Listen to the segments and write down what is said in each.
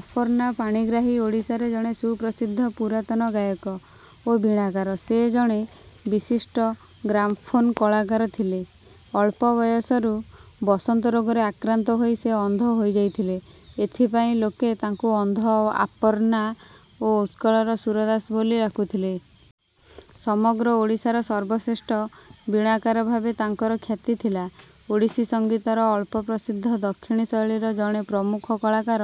ଅପର୍ଣ୍ଣା ପାଣିଗ୍ରାହୀ ଓଡ଼ିଶାରେ ଜଣେ ସୁପ୍ରସିଦ୍ଧ ପୁରାତନ ଗାୟକ ଓ ବୀଣାକାର। ସେ ଜଣେ ବିଶିଷ୍ଟ ଗ୍ରାମ୍ଫୋନ କଳାକାର ଥିଲେ। ଅଳ୍ପ ବୟସରୁ ବସନ୍ତ ରୋଗରେ ଆକ୍ରାନ୍ତ ହୋଇ ସେ ଅନ୍ଧ ହୋଇଯାଇଥିଲେ। ଏଥିପାଇଁ ଲୋକେ ତାଙ୍କୁ 'ଅନ୍ଧ ଆପନ୍ନା' ଓ 'ଉତ୍କଳର ସୁରଦାସ' ବୋଲି ଡାକୁଥିଲେ। ସମଗ୍ର ଓଡ଼ିଶାର ସର୍ବଶ୍ରେଷ୍ଠ ବୀଣାକାର ଭାବେ ତାଙ୍କର ଖ୍ୟାତି ଥିଲା। ଓଡ଼ିଶୀ ସଙ୍ଗୀତର ଅଳ୍ପପ୍ରସିଦ୍ଧ ଦକ୍ଷିଣୀ ଶୈଳୀର ଜଣେ ପ୍ରମୁଖ କଳାକାର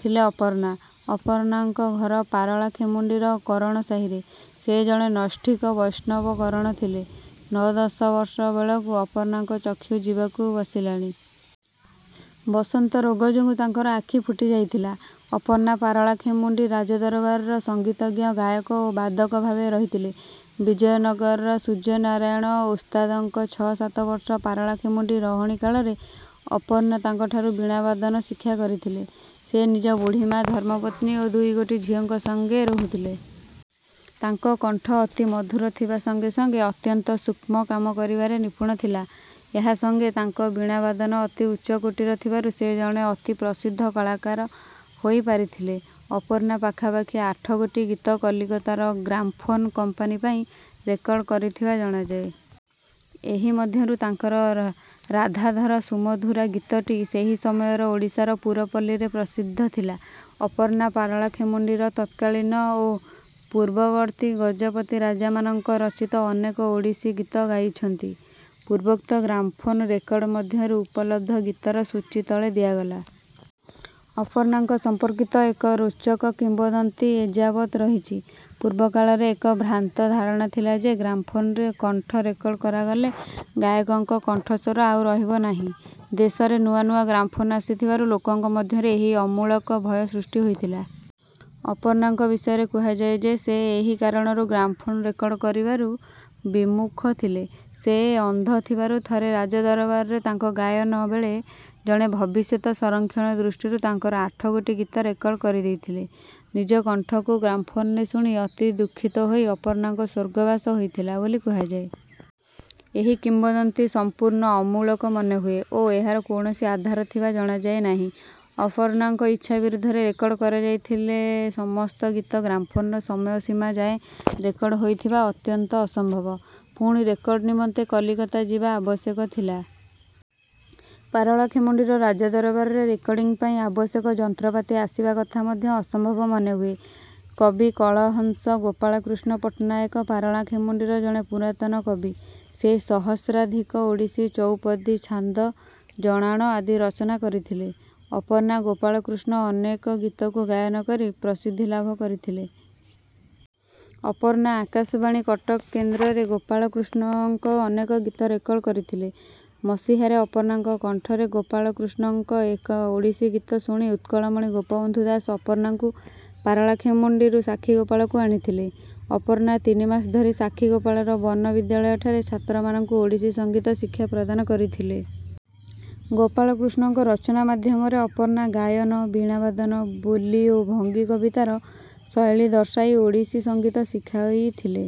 ଥିଲେ ଅପର୍ଣ୍ଣା। ଅପର୍ଣ୍ଣାଙ୍କ ଘର ପାରଳାଖେମୁଣ୍ଡିର କରଣ ସାହିରେ। ସେ ଜଣେ ନୈଷ୍ଠିକ ବୈଷ୍ଣବ କରଣ ଥିଲେ। ନଅ-ଦଶ ବର୍ଷ ବେଳକୁ ଅପର୍ଣ୍ଣାଙ୍କ ଚକ୍ଷୁ ଯିବାକୁ ବସିଲାଣି। ବସନ୍ତ ରୋଗ ଯୋଗୁଁ ତାଙ୍କର ଆଖି ଫୁଟିଯାଇଥିଲା। ଅପର୍ଣ୍ଣା ପାରଳାଖେମୁଣ୍ଡି ରାଜଦରବାରର ସଙ୍ଗୀତଜ୍ଞ, ଗାୟକ ଓ ବାଦକ ଭାବେ ରହିଥିଲେ। ବିଜୟନଗରର ସୂର୍ଯ୍ୟନାରାୟଣ ଓସ୍ତାଦଙ୍କ ଛଅ ସାତ ବର୍ଷ ପାରଳାଖେମୁଣ୍ଡି ରହଣି କାଳରେ ଅପର୍ଣ୍ଣା ତାଙ୍କଠାରୁ ବୀଣାବାଦନ ଶିକ୍ଷା କରିଥିଲେ। ସେ ନିଜ ବୁଢ଼ୀମା, ଧର୍ମପତ୍ନୀ ଓ ଦୁଇଗୋଟି ଝିଅଙ୍କ ସଙ୍ଗେ ରହୁଥିଲେ। ତାଙ୍କ କଣ୍ଠ ଅତି ମଧୁର ଥିବା ସଙ୍ଗେ ସଙ୍ଗେ ଅତ୍ୟନ୍ତ ସୂକ୍ଷ୍ମ କାମ କରିବାରେ ନିପୁଣ ଥିଲା। ଏହା ସଙ୍ଗେ ତାଙ୍କ ବୀଣାବାଦନ ଅତି ଉଚ୍ଚକୋଟିର ଥିବାରୁ ସେ ଜଣେ ଅତିପ୍ରସିଦ୍ଧ କଳାକାର ହୋଇପାରିଥିଲେ। ଅପର୍ଣ୍ଣା ପାଖାପାଖି ଆଠଗୋଟି ଗୀତ କଲିକତାର ଗ୍ରାମ୍ଫୋନ କମ୍ପାନୀ ପାଇଁ ରେକର୍ଡ଼ କରିଥିବା ଜଣାଯାଏ। ଏହି ମଧ୍ୟରୁ ତାଙ୍କର 'ରାଧାଧର ସୁମଧୁରା' ଗୀତଟି ସେହି ସମୟର ଓଡ଼ିଶାର ପୁରପଲ୍ଲୀରେ ପ୍ରସିଦ୍ଧ ଥିଲା। ଅପର୍ଣ୍ଣା ପାରଳାଖେମୁଣ୍ଡିର ତତ୍କାଳୀନ ଓ ପୂର୍ବବର୍ତ୍ତୀ ଗଜପତି ରାଜାମାନଙ୍କ ରଚିତ ଅନେକ ଓଡ଼ିଶୀ ଗୀତ ଗାଇଛନ୍ତି। ପୂର୍ବୋକ୍ତ ଗ୍ରାମ୍ଫୋନ ରେକର୍ଡ଼ ମଧ୍ୟରୁ ଉପଲବ୍ଧ ଗୀତର ସୂଚୀ ତଳେ ଦିଆଗଲା। ଅପର୍ଣ୍ଣାଙ୍କ ସମ୍ପର୍କିତ ଏକ ରୋଚକ କିମ୍ବଦନ୍ତୀ ଏଯାବତ୍ ରହିଛି। ପୂର୍ବକାଳରେ ଏକ ଭ୍ରାନ୍ତ ଧାରଣା ଥିଲା ଯେ ଗ୍ରାମ୍ଫୋନରେ କଣ୍ଠ ରେକର୍ଡ଼ କରାଗଲେ ଗାୟକଙ୍କ କଣ୍ଠସ୍ୱର ଆଉ ରହିବ ନାହିଁ। ଦେଶରେ ନୂଆ ନୂଆ ଗ୍ରାମ୍ଫୋନ ଆସିଥିବାରୁ ଲୋକଙ୍କ ମଧ୍ୟରେ ଏହି ଅମୂଳକ ଭୟ ସୃଷ୍ଟି ହୋଇଥିଲା। ଅପର୍ଣ୍ଣାଙ୍କ ବିଷୟରେ କୁହାଯାଏ ଯେ ସେ ଏହି କାରଣରୁ ଗ୍ରାମ୍ଫୋନ ରେକର୍ଡ଼ କରିବାରୁ ବିମୁଖ ଥିଲେ। ସେ ଅନ୍ଧ ଥିବାରୁ ଥରେ ରାଜଦରବାରରେ ତାଙ୍କ ଗାୟନ ବେଳେ ଜଣେ ଭବିଷ୍ୟତ ସଂରକ୍ଷଣ ଦୃଷ୍ଟିରୁ ତାଙ୍କର ଆଠଗୋଟି ଗୀତ ରେକର୍ଡ଼ କରିଦେଇଥିଲେ। ନିଜ କଣ୍ଠକୁ ଗ୍ରାମ୍ଫୋନରେ ଶୁଣି ଅତିଦୁଃଖିତ ହୋଇ ଅପର୍ଣ୍ଣାଙ୍କ ସ୍ୱର୍ଗବାସ ହୋଇଥିଲା ବୋଲି କୁହାଯାଏ। ଏହି କିମ୍ବଦନ୍ତୀ ସମ୍ପୂର୍ଣ୍ଣ ଅମୂଳକ ମନେ ହୁଏ ଓ ଏହାର କୌଣସି ଆଧାର ଥିବା ଜଣାଯାଏ ନାହିଁ। ଅପର୍ଣ୍ଣାଙ୍କ ଇଚ୍ଛା ବିରୁଦ୍ଧରେ ରେକର୍ଡ଼ କରାଯାଇଥିଲେ ସମସ୍ତ ଗୀତ ଗ୍ରାମ୍ଫୋନର ସମୟ ସୀମା ଯାଏଁ ରେକର୍ଡ଼ ହୋଇଥିବା ଅତ୍ୟନ୍ତ ଅସମ୍ଭବ। ପୁଣି ରେକର୍ଡ଼ ନିମନ୍ତେ କଲିକତା ଯିବା ଆବଶ୍ୟକ ଥିଲା। ପାରଳାଖେମୁଣ୍ଡିର ରାଜଦରବାରରେ ରେକର୍ଡ଼ିଂ ପାଇଁ ଆବଶ୍ୟକ ଯନ୍ତ୍ରପାତି ଆସିବା କଥା ମଧ୍ୟ ଅସମ୍ଭବ ମନେ ହୁଏ। କବିକଳହଂସ ଗୋପାଳକୃଷ୍ଣ ପଟ୍ଟନାୟକ ପାରଳାଖେମୁଣ୍ଡିର ଜଣେ ପୁରାତନ କବି। ସେ ସହସ୍ରାଧିକ ଓଡ଼ିଶୀ ଚଉପଦୀ, ଛାନ୍ଦ, ଜଣାଣ ଆଦି ରଚନା କରିଥିଲେ। ଅପର୍ଣ୍ଣା ଗୋପାଳକୃଷ୍ଣ ଅନେକ ଗୀତକୁ ଗାୟନ କରି ପ୍ରସିଦ୍ଧି ଲାଭ କରିଥିଲେ। ଅପର୍ଣ୍ଣା ଆକାଶବାଣୀ କଟକ କେନ୍ଦ୍ରରେ ଗୋପାଳକୃଷ୍ଣଙ୍କ ଅନେକ ଗୀତ ରେକର୍ଡ଼ କରିଥିଲେ। ମସିହାରେ ଅପର୍ଣ୍ଣାଙ୍କ କଣ୍ଠରେ ଗୋପାଳକୃଷ୍ଣଙ୍କ ଏକ ଓଡ଼ିଶୀ ଗୀତ ଶୁଣି ଉତ୍କଳମଣି ଗୋପବନ୍ଧୁ ଦାସ ଅପର୍ଣ୍ଣାଙ୍କୁ ପାରଳାଖେମୁଣ୍ଡିରୁ ସାକ୍ଷୀଗୋପାଳକୁ ଆଣିଥିଲେ। ଅପର୍ଣ୍ଣା ତିନି ମାସ ଧରି ସାକ୍ଷୀଗୋପାଳର ବନବିଦ୍ୟାଳୟଠାରେ ଛାତ୍ରମାନଙ୍କୁ ଓଡ଼ିଶୀ ସଙ୍ଗୀତ ଶିକ୍ଷା ପ୍ରଦାନ କରିଥିଲେ। ଗୋପାଳକୃଷ୍ଣଙ୍କ ରଚନା ମାଧ୍ୟମରେ ଅପର୍ଣ୍ଣା ଗାୟନ, ବୀଣା ବାଦନ, ବୋଲି ଓ ଭଙ୍ଗୀ କବିତାର ଶୈଳୀ ଦର୍ଶାଇ ଓଡ଼ିଶୀ ସଙ୍ଗୀତ ଶିଖାଇଥିଲେ।